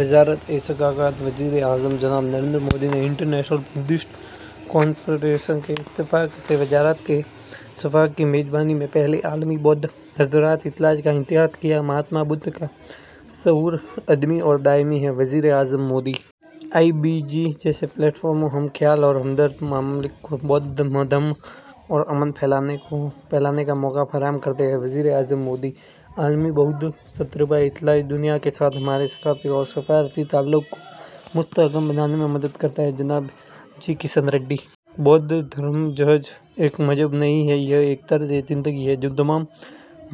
وزارتِ ثقافت۔ وزیر اعظم جناب نریندر مودی نے بین الاقوامی بدھسٹ کنفیڈریشن کے اشتراک سے وزارتِ ثقافت کی میزبانی میں پہلے عالمی بودھ سربراہ اجلاس کا افتتاح کیا۔ ''مہاتما بدھ کا شعور ابدی اور دائمی ہے'': وزیر اعظم مودی۔ ''آئی بی سی جیسے پلیٹ فارم ہم خیال اور ہمدرد ممالک کو بودھ دھم اور امن کو پھیلانے کا موقع فراہم کر رہے ہیں'': وزیر اعظم مودی۔ عالمی بودھ سربراہ اجلاس دنیا کے ساتھ ہمارے ثقافتی اور سفارتی تعلقات کو مضبوط بنانے میں مدد کرے گا: جناب جی کشن ریڈی۔ بودھ دھم محض ایک مذہب نہیں ہے، یہ ایک طرزِ زندگی ہے، جو تمام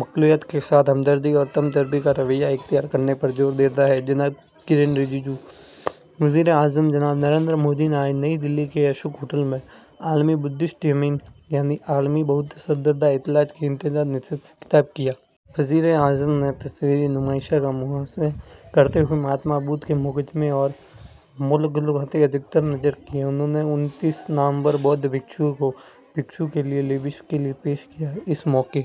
مخلوقات کے ساتھ ہمدردی اور درد مندی کا رویہ اختیار کرنے پر زور دیتا ہے: جناب کرن رجیجو۔ وزیر اعظم جناب نریندر مودی نے آج نئی دہلی کے اشوک ہوٹل میں عالمی بدھسٹ سمٹ، یعنی عالمی بودھ سربراہ اجلاس کی افتتاحی نشست سے خطاب کیا۔ وزیر اعظم نے تصویری نمائش کا مشاہدہ کرتے ہوئے مہاتما بدھ کے مجسمے پر گلہائے عقیدت نذر کیے۔ انہوں نے انیس نامور بودھ بھکشوؤں کو بھکشو کے لباس بھی پیش کیے۔ اس موقع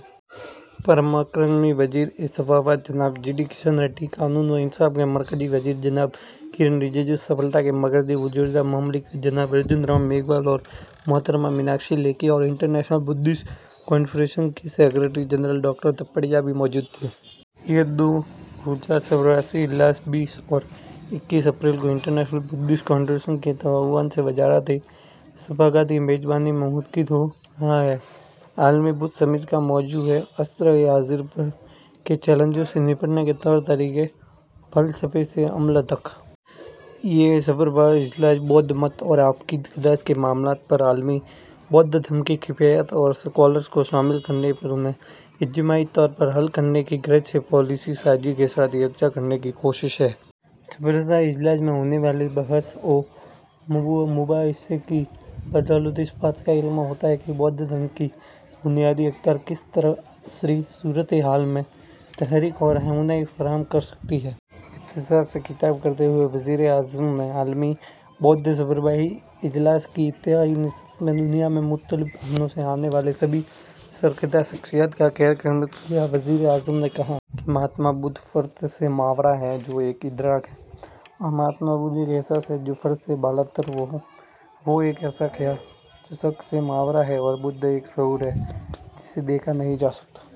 پر مرکزی وزیر ثقافت جناب جی کشن ریڈی، قانون و انصاف کے مرکزی وزیر جناب کرن رجیجو، ثقافت کے مرکزی وزرائے مملکت جناب ارجن رام میگھوال اور محترمہ میناکشی لیکھی اور بین الاقوامی بدھسٹ کنفیڈریشن کے سکریٹری جنرل ڈاکٹر دھماپیا بھی موجود تھے۔ یہ دو روزہ سربراہی اجلاس، بیس اور اکیس اپریل کو بین الاقوامی بدھسٹ کنفیڈریشن کے تعاون سے وزارتِ ثقافت کی میزبانی میں منعقد ہو رہا ہے۔ عالمی بدھ سمٹ کا موضوع ہے ''عصرِ حاضر کے چیلنجز سے نمٹنے کے طور طریقے: فلسفے سے عمل تک''۔ یہ سربراہ اجلاس بدھ مت اور آفاقی خدشات کے معاملات پر عالمی بودھ دھم کی قیادت اور اسکالرز کو شامل کرنے اور انہیں اجتماعی طور پر حل کرنے کی غرض سے پالیسی سازی کے ساتھ یکجا کرنے کی کوشش ہے۔ سربراہ اجلاس میں ہونے والے بحث و مباحثے کی بدولت اس بات کا علم ہوتا ہے کہ بودھ دھم کی بنیادی اقدار کس طرح عصری صورتحال میں تحریک اور رہنمائی فراہم کر سکتی ہیں۔ اجتماع سے خطاب کرتے ہوئے وزیر اعظم نے عالمی بودھ سربراہی اجلاس کی افتتاحی نشست میں دنیا کے مختلف کونوں سے آنے والی سبھی سرکردہ شخصیات کا خیرمقدم کیا۔ وزیر اعظم نے کہا کہ ''مہاتما بدھ فرد سے ماورا ہیں، وہ ایک ادراک ہیں''، اور مہاتما بدھ ایک احساس ہیں، جو فرد سے بالاتر ہیں، وہ ایک ایسا خیال ہیں، جو شکل سے ماورا ہے اور بدھ ایک شعور ہیں، جسے دیکھا نہیں جا سکتا۔